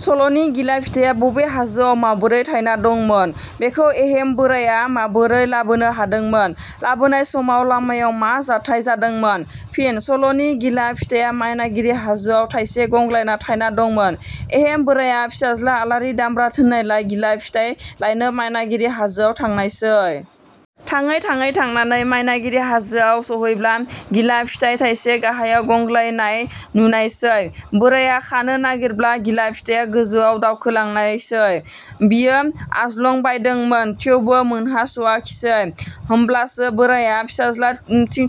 सल'नि गिला फिथाइया बबे हाजोआव माबोरै थायना दंमोन? बेखौ एहेम बोराइया माबोरै लाबोनो हादोंमोन? लाबोनाय समाव लामायाव मा जाथाइ जादोंमोन? फिन: सल'नि गिला फिथाइया मायनागिरि हाजोआव थाइसे गंग्लाना थायना दंमोन। एहेम बोराया फिसाज्ला आलारि दामब्रा थोननायलाय गिला फिथाइ लायनो मायनागिरि हाजोआव थांनायसै। थाङै थाङै थांनानै मायनागिरि हाजोआव सहैब्ला गिला फिथाइ थाइसे गाहायाव गंग्लायनाय नुनायसै। बोराया खानो नागिरब्ला गिला फिथाइया गोजौआव दावखोलांनायसै। बियो आज्लंबायदोंमोन। थेवबो मोनहास'आखिसै। होमब्लासो बोराइया फिसाज्ला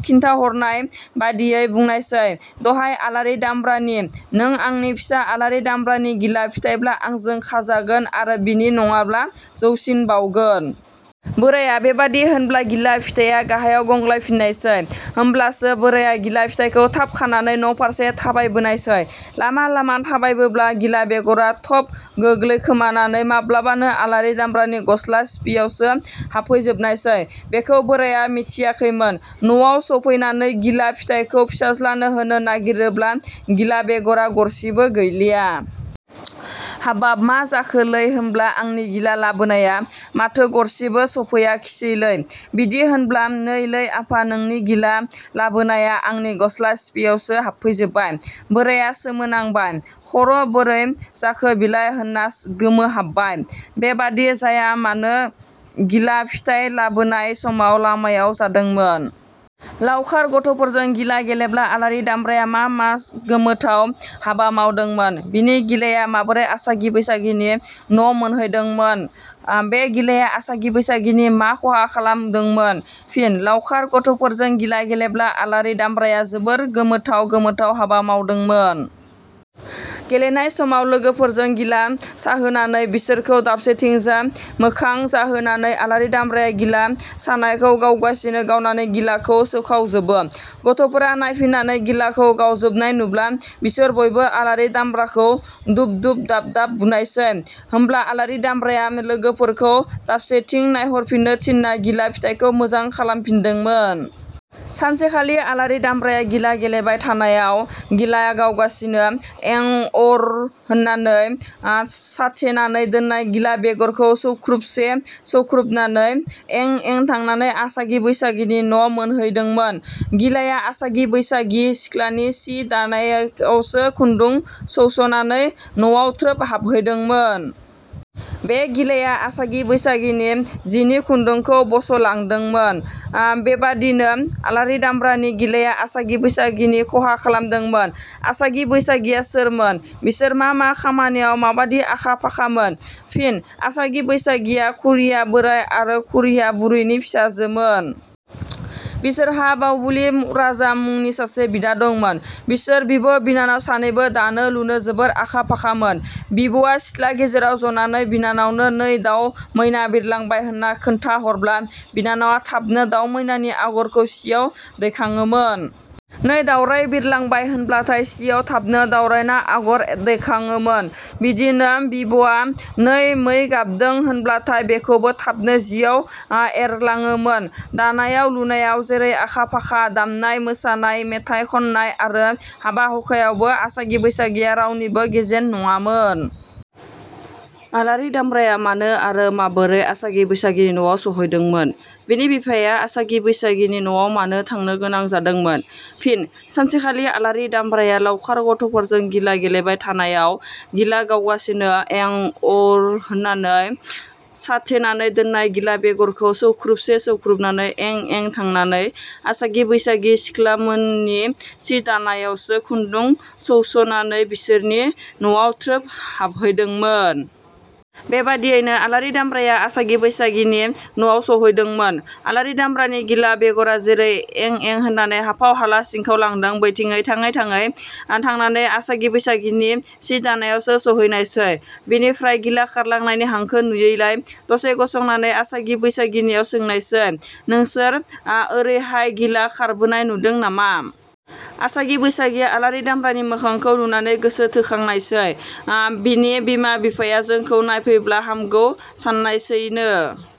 खिन्थाहरनाय बादियै बुंनायसै "दहाय आलारि दामब्रानि। " नों आंनि फिसा आलारि दामब्रानि गिला फिथाइब्ला आंजो खाजागोन आरो बिनि नडाब्ला जौसिनबावगोन। बोराया बेबादि होनब्ला गिला फिथाया गाहायाव गंग्लायफिननायसै। होमब्लासो बोराया गिला फिथाइखौ थाब खानानै न'फारसे थाबायबोनायसै। लामा लामा थाबायबोब्ला गिला बेगरा थब गोलैखोमानानै माब्लाबानो आलारि दामब्रानि गस्ला सिफियावसो हाबफैजोबनायसै। बेखौ बोराया मिथियाखैमोन। न'आव सफैनानै गिला फिथाइखौ फिसाज्लानो होनो नागिरोब्ला गिला बेगरा गरसेबो गैलिया। "हाबाव, मा जाखोलै होमब्ला आंनि गिला लाबोनाया? माथो गरसेबबो सफैयाखिसैलै। बिदि होनब्ला, "नै लै आफा, नोंनि गिला लाबोनाया आंनि गसला सिफियावसो हाबफैजोबबाय। " बोराया सोमोनांबाय, खर' बोरै जाखो बिलाय होनना गोमोहाबबाय। बेबादि जायामानो गिला फिथाइ लाबोनाय समाव लामायाव जादोंमोन।. लावखार गथ 'फोरजों गिला गेलेब्ला आलारि दामब्राया मा मा गोमोथाव हाबा मावदोंमोन? बिनि गिलाया माबोरै आसागि बैसागिनि न' मोनहैदोंमोन? बे गिलाया आसागि बैसागिनि मा खहा खालामदोंमोन? फिन: लावखार गथ'फोरजों गिला गेलेब्ला आलारि दामब्राया जोबोद गोमोथाव गोमोथाव हाबा मावदोंमोन। गेलेनाय समाव लोगोफोरखौ गिला साहोनानै बिससोरखौ दाबसेथिंजाय मोखां जाहोनानै आलारि दामब्राया गिला सानायखौ गावगासिनो गावनानै गिलाखौ सोखावजोबो। गथ'फोरा नायफिननानै गिलाखौ गावजोबनाय नुब्ला बिसोर बयबो आलारि दामब्राखौ दुब-दुब दाब-दाब बुनायसै। होमब्ला आलारि दामब्राया लोगोफोरखौ दाबसेथिं नायहरफिननो थिनना गिला फिथाइफोरखौ मोजां खालामफिनदोंमोन। सानसेखालि आलारि दामब्राया गिला गेलेबाय थानायाव गिला गावगासिनो एं-उर होनलांनानै साथेनानै दोननाय गिला बेगरखौ सौख्रुबसे सौख्रुबनानै एं-एं थांनानै आसागि बैसागिनि न' मोनहैदोंमोन। गिलाया आसागि बैसागि सिख्लाफोरनि सि दानायावसो खुन्दुं सौस'नानै नवाव थ्रोब हाबहैदोंमोन। बे गिलाया आसागि बैसागिनि जिनि खुन्दुंखौ बस'लांदोंमोन। बेबादिनो आलारि दामब्रानि गिलाया आसागि बैसागिनि खहा खालामदोंमोन।. आसागि बैसागिया सोरमोन? बिसोर मा मा खामानियाव माबादि आखा- फाखामोन? फिनः आसागि बैसागिया खुरिया बोराइ आरो खुरिया बुरैनि फिसाजोमोन। बिसोरहा बावबुलि राजा मुंनि सासे बिदा दंमोन। बिसोर बिब' बिनानाव सानैबो दानो लुनो जोबोद आखा- फाखामोन। बिब'वा सिथला गेजेराव जनानै बिनानावनो- नै दाउ मैना बिरलांबाय होनना खोन्था हरब्ला बिनानावा थाबनो दाउ मैनानि आगरखौ सियाव दैखाङोमोन। नै दाउराय बिरलांबाय होनब्लाथाय सियाव थाबनो दावरायना आगार दैखाङोमोन। बिदिनो बिब'वा नै मै गाबदों होनब्लाथाय बेखौबो थाबनो जियाव एरलाङोमोन। दानायाव लुनायाव जैरै आखा-फाखा, दामनाय मोसानाय, मेथाइ खननाय आरो हाबा-हुखायावबो आसागि बैसागिया रावनिबो गेजेन नङामोन।. आलारि दामब्राया मानो आरो माबोरै आसागि बैसागिनि नआव सहैदोंमोन? बिनि बिफाया आसागि बैसागिनि नआव मानो थांनोगोनां जादोंमोन? फिनः सानसेखालि आलारि दामब्राया लावखार गथ'फोरजों गिला गेलेबाय थानायाव गिला गावगासिनो एं-उर होनलांनानै साथेनानै दोननाय गिला बेगरखौ सौख्रुबसे सौख्रुबनानै एं-एं थांनानै आसागि बैसागि सिख्लाममोननि सि दानायावसो खुन्दुं सौस'नानै बिसोरनि नवाव थ्रोब हाबहैदोंमोन। बेबादयैनो आलारि दामब्राया आसागि बैसागिनि न'आव सौहैदोंममोन। आलारि दामब्रानि गिला बेगरा जेरै एं-एं होननानै हाफाव हाला सिंखावलांदों बेथिङै थाङै थाङै थांनानै आसागि बैसागिनि सि दानायावसो सौहैनायसै। बिनिफ्राय गिला खारलांनायनि हांखो नुयैलाय दसे गसंनानै आसागि बैसागिनियाव सोंनायसै – नोंसोर ओरैहाय गिला खारबोनाय नुदों नामा? आसागि बैसागिया आलारि दामब्रानि मोखांखौ नुनानै गोसो थोखांनायसै। बिनि बिमा बिफाया जोंखौ नायफैब्ला हामगौ साननायसैनो।